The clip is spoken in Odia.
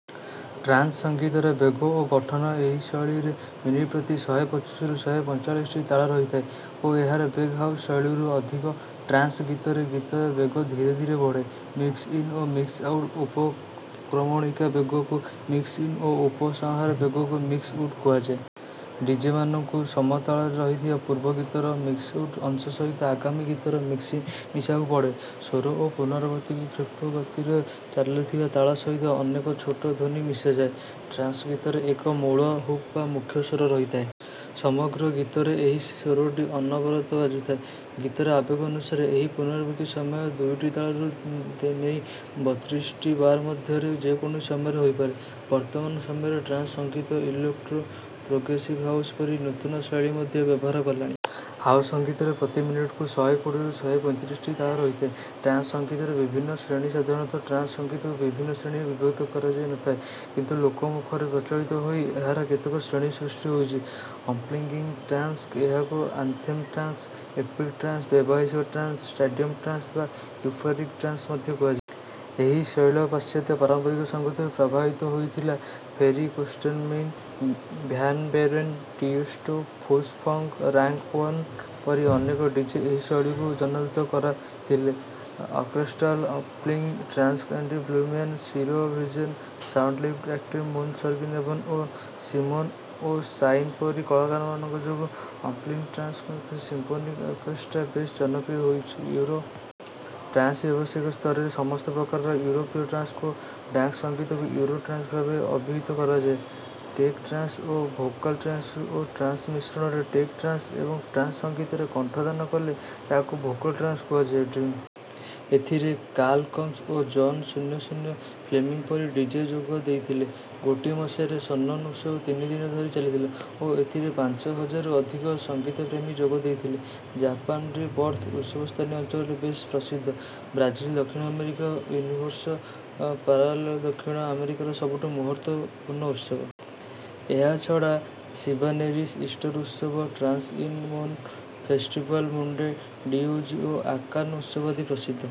ଟ୍ରାନ୍ସ୍ ସଙ୍ଗୀତର ବେଗ ଓ ଗଠନଏହି ଶୈଳୀରେ ମିନିଟ୍ ପ୍ରତି ଶହେ ପଚିଶରୁ ଶହେ ପଞ୍ଚାଶଟି ତାଳ ରହିଥାଏ ଓ ଏହାର ବେଗ ହାଉସ୍ ଶୈଳୀରୁ ଅଧିକ। ଟ୍ରାନ୍ସ୍ ଗୀତରେ ଗୀତର ବେଗ ଧୀରେ ଧୀରେ ବଢ଼େ। ମିକ୍ସ୍-ଇନ୍ ଓ ମିକ୍ସ୍-ଆଉଟ୍ ଉପକ୍ରମଣିକା ବେଗକୁ ମିକ୍ସ୍ ଓ ଉପସଂହାର ବେଗକୁ ମିକ୍ସ୍ଆ ଉଟ୍ କୁହାଯାଏ। ଡିଜେମାନଙ୍କୁ ସମତାଳରେ ରହିଥିବା ପୂର୍ବ ଗୀତର ମିକ୍ସ୍ଆ ଉଟ୍ ଅଂଶ ସହିତ ଆଗାମୀ ଗୀତର ମିକ୍ସ୍-ଇନ୍ ମିଶାଇବାକୁ ପଡ଼େ। ସ୍ୱର ଓ ପୁନରାବୃତ୍ତି କ୍ଷିପ୍ର ଗତିରେ ଚାଲୁଥିବା ତାଳ ସହିତ ଅନେକ ଛୋଟ ଧ୍ୱନି ମିଶାଯାଏ। ଟ୍ରାନ୍ସ୍ ଗୀତରେ ଏକ ମୂଳ ହୁକ୍ ବା ମୁଖ୍ୟ ସ୍ୱର ରହିଥାଏ। ସମଗ୍ର ଗୀତରେ ଏହି ସ୍ୱରଟି ଅନବରତ ବାଜୁଥାଏ। ଗୀତର ଆବେଗ ଅନୁସାରେ ଏହି ପୁନରାବୃତ୍ତି ସମୟ ଦୁଇଟି ତାଳରୁ ନେଇ ବତ୍ରିଶଟି ବାର୍ ମଧ୍ୟରେ ଯେକୌଣସି ସମୟରେ ହୋଇପାରେ। ବର୍ତ୍ତମାନ ସମୟରେ ଟ୍ରାନ୍ସ୍ ସଙ୍ଗୀତ ଇଲେକ୍ଟ୍ରୋ, ପ୍ରୋଗ୍ରେସିଭ୍ ହାଉସ୍ ପରି ନୂତନ ଶୈଳୀ ମଧ୍ୟ ବ୍ୟବହାର କଲାଣି। ହାଉସ୍ ସଙ୍ଗୀତରେ ପ୍ରତି ମିନିଟ୍‌କୁ ଶହେ କୋଡ଼ିଏରୁ ଶହେ ପଞ୍ଚତିରିଶଟି ତାଳ ରହିଥାଏ। ଟ୍ରାନ୍ସ୍ ସଙ୍ଗୀତର ବିଭିନ୍ନ ଶ୍ରେଣୀସାଧାରଣତଃ ଟ୍ରାନ୍ସ୍ ସଙ୍ଗୀତକୁ ବିଭିନ୍ନ ଶ୍ରେଣୀରେ ବିଭକ୍ତ କରାଯାଇ ନ ଥାଏ କିନ୍ତୁ ଲୋକମୁଖରେ ପ୍ରଚଳିତ ହୋଇ ଏହାର କେତେକ ଶ୍ରେଣୀ ସୃଷ୍ଟି ହୋଇଛି ଅପ୍ଲିଫ୍ଟିଂଗ୍ ଟ୍ରାନ୍ସ୍ ଏହାକୁ ଆନ୍ଥେମ୍ ଟ୍ରାନ୍ସ୍, ଏପିକ୍ ଟ୍ରାନ୍ସ୍, ବ୍ୟବସାୟିକ ଟ୍ରାନ୍ସ୍, ଷ୍ଟାଡ଼ିୟମ୍ ଟ୍ରାନ୍ସ୍ ବା ୟୁଫୋରିକ୍ ଟ୍ରାନ୍ସ୍ ମଧ୍ୟ କୁହାଯାଏ। ଏହି ଶୈଳ ପାଶ୍ଚାତ୍ୟ ପାରମ୍ପରିକ ସଙ୍ଗୀତରୁ ପ୍ରଭାବିତ ହୋଇଥିଲା। Ferry Corsten Armin van Buuren, Tiesto, Push, Punk, Rank One ପରି ଅନେକ ଡିଜେ ଏହି ଶୈଳୀକୁ ଜନାଦୃତ କରାଇଥିଲେ। Orchestral uplifting trance Andy Blueman, Ciro Visone, Soundlift Arctic Moon Sergey Nevone ଓ ସିମୋନ୍ ଓ'ଶାଇନ୍ ପରି କଳାକାରମାନଙ୍କ ଯୋଗୁଁ uplifting trance with symphonic orchestra ବେଶ୍ ଜନପ୍ରିୟ ହୋଇଛି। ୟୁରୋ ଟ୍ରାନ୍ସ୍ ବ୍ୟବସାୟିକ ସ୍ତରରେ ସମସ୍ତ ପ୍ରକାରର ଇଉରୋପୀୟ ଟ୍ରାନ୍ସ୍ ଓ ଡାନ୍ସ୍ ସଙ୍ଗୀତକୁ ୟୁରୋ ଟ୍ରାନ୍ସ୍ ଭାବେ ଅଭିହିତ କରାଯାଏ। ଟେକ୍ ଟ୍ରାନ୍ସ୍ ଓ ଭୋକାଲ୍ ଟ୍ରାନ୍ସ୍ଟେକ୍ନୋ ଓ ଟ୍ରାନ୍ସ୍ର ମିଶ୍ରଣରେ ଟେକ୍ ଟ୍ରାନ୍ସ୍ ଏବଂ ଟ୍ରାନ୍ସ୍ ସଙ୍ଗୀତରେ କଣ୍ଠଦାନ କଲେ ତାହାକୁ ଭୋକଲ୍ ଟ୍ରାନ୍ସ୍ କୁହାଯାଏ। ଡ୍ରିମ୍ ଏଥିରେ କାର୍ଲ୍ କକ୍ସ୍ ଓ ଜନ୍ 'ଶୂନ୍ୟ ଶୂନ୍ୟ' ଫ୍ଲେମିଂଗ୍ ପରି ଡିଜେ ଯୋଗ ଦେଇଥିଲେ। ଗୋଟିଏ ମସିହାର ସନ୍ବର୍ଣ୍ଣ୍ ଉତ୍ସବ ତିନି ଦିନ ଧରି ଚାଲିଥିଲା ଓ ଏଥିରେ ପାଞ୍ଚ ହଜାରରୁ ଅଧିକ ସଙ୍ଗୀତପ୍ରେମୀ ଯୋଗ ଦେଇଥିଲେ। ଜାପାନରି-ବର୍ଥ୍ ଉତ୍ସବସ୍ଥାନୀୟ ଅଞ୍ଚଳରେ ବେଶ୍ ପ୍ରସିଦ୍ଧ। ବ୍ରାଜିଲ୍ ଦକ୍ଷିଣ ଆମେରିକା ୟୁନିଭର୍ସୋ ପାରାଲେଲୋଦକ୍ଷିଣ ଆମେରିକାର ସବୁଠାରୁ ମହତ୍ତ୍ୱପୂର୍ଣ୍ଣ ଉତ୍ସବ। ଏହାଛଡ଼ା ଶିବାନେରିସ୍ ଇଷ୍ଟର୍ ଉତ୍ସବ, Trance in Moon, festival Mundo de Oz ଓ ଆର୍କାନା ଉତ୍ସବ ଆଦି ପ୍ରସିଦ୍ଧ